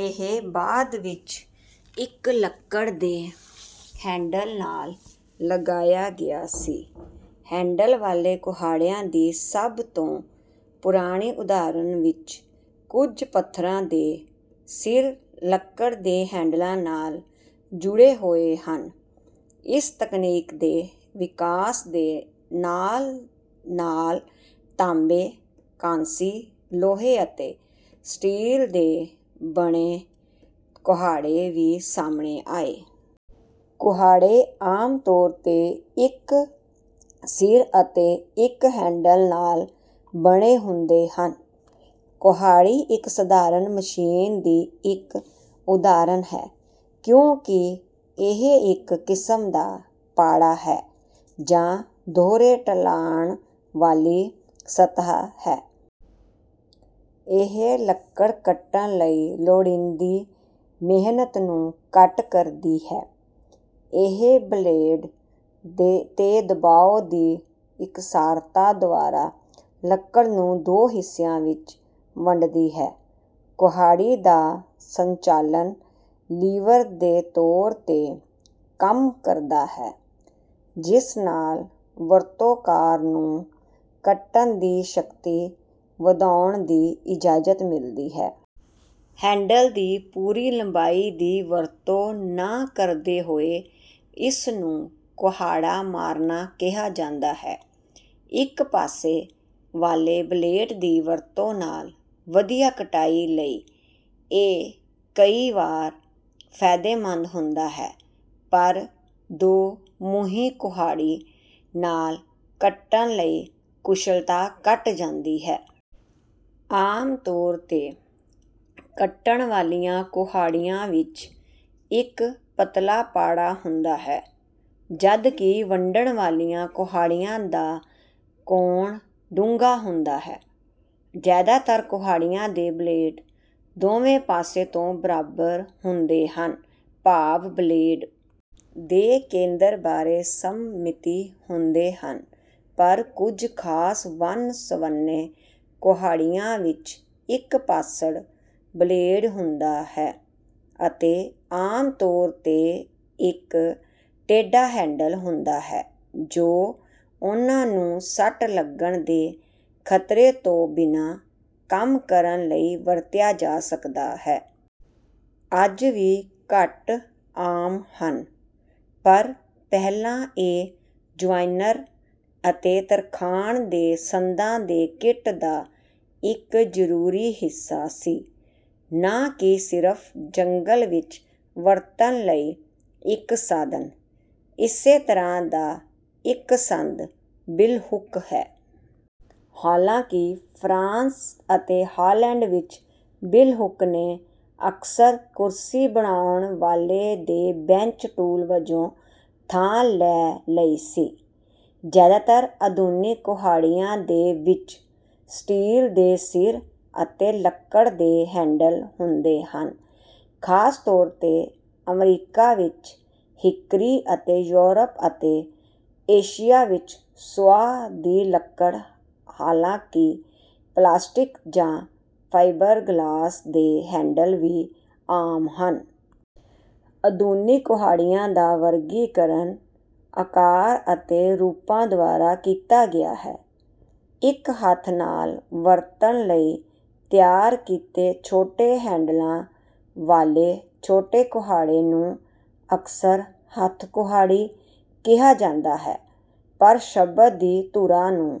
ਇਹ ਬਾਅਦ ਵਿੱਚ ਇੱਕ ਲੱਕੜ ਦੇ ਹੈਂਡਲ ਨਾਲ ਲਗਾਇਆ ਗਿਆ ਸੀ। ਹੈਂਡਲ ਵਾਲੇ ਕੁਹਾੜਿਆਂ ਦੀ ਸਭ ਤੋਂ ਪੁਰਾਣੀ ਉਦਾਹਰਣ ਵਿੱਚ ਕੁਝ ਪੱਥਰਾਂ ਦੇ ਸਿਰ ਲੱਕੜ ਦੇ ਹੈਂਡਲਾਂ ਨਾਲ ਜੁੜੇ ਹੋਏ ਹਨ। ਇਸ ਤਕਨੀਕ ਦੇ ਵਿਕਾਸ ਦੇ ਨਾਲ-ਨਾਲ ਤਾਂਬੇ, ਕਾਂਸੀ, ਲੋਹੇ ਅਤੇ ਸਟੀਲ ਦੇ ਬਣੇ ਕੁਹਾੜੇ ਵੀ ਸਾਹਮਣੇ ਆਏ। ਕੁਹਾੜੇ ਆਮ ਤੌਰ 'ਤੇ ਇੱਕ ਸਿਰ ਅਤੇ ਇੱਕ ਹੈਂਡਲ ਨਾਲ ਬਣੇ ਹੁੰਦੇ ਹਨ। ਕੁਹਾੜੀ ਇੱਕ ਸਾਧਾਰਨ ਮਸ਼ੀਨ ਦੀ ਇੱਕ ਉਦਾਹਰਣ ਹੈ, ਕਿਉਂਕਿ ਇਹ ਇੱਕ ਕਿਸਮ ਦਾ ਪਾੜਾ ਹੈ, ਜਾਂ ਦੋਹਰੇ ਢਲਾਣ ਵਾਲੀ ਸਤ੍ਹਾ ਹੈ। ਇਹ ਲੱਕੜ ਕੱਟਣ ਲਈ ਲੋੜੀਂਦੀ ਮਿਹਨਤ ਨੂੰ ਘੱਟ ਕਰਦੀ ਹੈ। ਇਹ ਬਲੇਡ 'ਤੇ ਦਬਾਅ ਦੀ ਇਕਸਾਰਤਾ ਦੁਆਰਾ ਲੱਕੜ ਨੂੰ ਦੋ ਹਿੱਸਿਆਂ ਵਿੱਚ ਵੰਡਦੀ ਹੈ। ਕੁਹਾੜੀ ਦਾ ਸੰਚਾਲਨ ਲੀਵਰ ਦੇ ਤੌਰ 'ਤੇ ਕੰਮ ਕਰਦਾ ਹੈ, ਜਿਸ ਨਾਲ ਵਰਤੋਂਕਾਰ ਨੂੰ ਕੱਟਣ ਦੀ ਸ਼ਕਤੀ ਵਧਾਉਣ ਦੀ ਇਜਾਜ਼ਤ ਮਿਲਦੀ ਹੈ। ਹੈਂਡਲ ਦੀ ਪੂਰੀ ਲੰਬਾਈ ਦੀ ਵਰਤੋਂ ਨਾ ਕਰਦੇ ਹੋਏ ਇਸਨੂੰ ਕੁਹਾੜਾ ਮਾਰਨਾ ਕਿਹਾ ਜਾਂਦਾ ਹੈ। ਇੱਕ ਪਾਸੇ ਵਾਲੇ ਬਲੇਡ ਦੀ ਵਰਤੋਂ ਨਾਲ ਵਧੀਆ ਕਟਾਈ ਲਈ ਇਹ ਕਈ ਵਾਰ ਫਾਇਦੇਮੰਦ ਹੁੰਦਾ ਹੈ, ਪਰ ਦੋ-ਮੂੰਹੀ ਕੁਹਾੜੀ ਨਾਲ ਕੱਟਣ ਲਈ ਕੁਸ਼ਲਤਾ ਘਟ ਜਾਂਦੀ ਹੈ। ਆਮ ਤੌਰ 'ਤੇ, ਕੱਟਣ ਵਾਲੀਆਂ ਕੁਹਾੜੀਆਂ ਵਿੱਚ ਇੱਕ ਪਤਲਾ ਪਾੜਾ ਹੁੰਦਾ ਹੈ, ਜਦਕਿ ਵੰਡਣ ਵਾਲੀਆਂ ਕੁਹਾੜੀਆਂ ਦਾ ਕੋਣ ਡੂੰਘਾ ਹੁੰਦਾ ਹੈ। ਜ਼ਿਆਦਾਤਰ ਕੁਹਾੜੀਆਂ ਦੇ ਬਲੇਡ ਦੋਵੇਂ ਪਾਸੇ ਤੋਂ ਬਰਾਬਰ ਹੁੰਦੇ ਹਨ, ਭਾਵ ਬਲੇਡ ਦੇ ਕੇਂਦਰ ਬਾਰੇ ਸਮਮਿਤੀ ਹੁੰਦੇ ਹਨ, ਪਰ ਕੁਝ ਖਾਸ ਵੰਨ-ਸਵੰਨ ਕੁਹਾੜੀਆਂ ਵਿੱਚ ਇੱਕ-ਪਾਸੜ ਬਲੇਡ ਹੁੰਦਾ ਹੈ, ਅਤੇ ਆਮ ਤੌਰ 'ਤੇ ਇੱਕ ਟੇਢਾ ਹੈਂਡਲ ਹੁੰਦਾ ਹੈ ਜੋ ਉਹਨਾਂ ਨੂੰ ਸੱਟ ਲੱਗਣ ਦੇ ਖਤਰੇ ਤੋਂ ਬਿਨਾਂ ਕੰਮ ਕਰਨ ਲਈ ਵਰਤਿਆ ਜਾ ਸਕਦਾ ਹੈ। ਅੱਜ ਵੀ ਘੱਟ ਆਮ ਹਨ, ਪਰ ਪਹਿਲਾਂ ਇਹ ਜੁਆਇਨਰ ਅਤੇ ਤਰਖਾਣ ਦੇ ਸੰਦਾਂ ਦੇ ਕਿੱਟ ਦਾ ਇੱਕ ਜ਼ਰੂਰੀ ਹਿੱਸਾ ਸੀ, ਨਾ ਕਿ ਸਿਰਫ ਜੰਗਲ ਵਿੱਚ ਵਰਤਣ ਲਈ ਇੱਕ ਸਾਧਨ। ਇਸੇ ਤਰ੍ਹਾਂ ਦਾ ਇੱਕ ਸੰਦ ਬਿਲਹੁੱਕ ਹੈ। ਹਾਲਾਂਕਿ, ਫਰਾਂਸ ਅਤੇ ਹਾਲੈਂਡ ਵਿੱਚ, ਬਿਲਹੁੱਕ ਨੇ ਅਕਸਰ ਕੁਰਸੀ ਬਣਾਉਣ ਵਾਲੇ ਦੇ ਬੈਂਚ ਟੂਲ ਵਜੋਂ ਥਾਂ ਲੈ ਲਈ ਸੀ। ਜ਼ਿਆਦਾਤਰ ਆਧੁਨਿਕ ਕੁਹਾੜੀਆਂ ਦੇ ਵਿੱਚ ਸਟੀਲ ਦੇ ਸਿਰ ਅਤੇ ਲੱਕੜ ਦੇ ਹੈਂਡਲ ਹੁੰਦੇ ਹਨ, ਖਾਸ ਤੌਰ 'ਤੇ ਅਮਰੀਕਾ ਵਿੱਚ ਹਿਕਰੀ ਅਤੇ ਯੂਰਪ ਅਤੇ ਏਸ਼ੀਆ ਵਿੱਚ ਸੁਆਹ ਦੀ ਲੱਕੜ, ਹਾਲਾਂਕਿ ਪਲਾਸਟਿਕ ਜਾਂ ਫਾਈਬਰਗਲਾਸ ਦੇ ਹੈਂਡਲ ਵੀ ਆਮ ਹਨ। ਆਧੁਨਿਕ ਕੁਹਾੜੀਆਂ ਦਾ ਵਰਗੀਕਰਨ, ਆਕਾਰ ਅਤੇ ਰੂਪਾਂ ਦੁਆਰਾ ਕੀਤਾ ਗਿਆ ਹੈ। ਇੱਕ ਹੱਥ ਨਾਲ ਵਰਤਣ ਲਈ ਤਿਆਰ ਕੀਤੇ ਛੋਟੇ ਹੈਂਡਲਾਂ ਵਾਲੇ ਛੋਟੇ ਕੁਹਾੜੇ ਨੂੰ ਅਕਸਰ ਹੱਥ-ਕੁਹਾੜੀ ਕਿਹਾ ਜਾਂਦਾ ਹੈ, ਪਰ ਸ਼ਬਦ ਦੀ 'ਧੁਰਾ' ਨੂੰ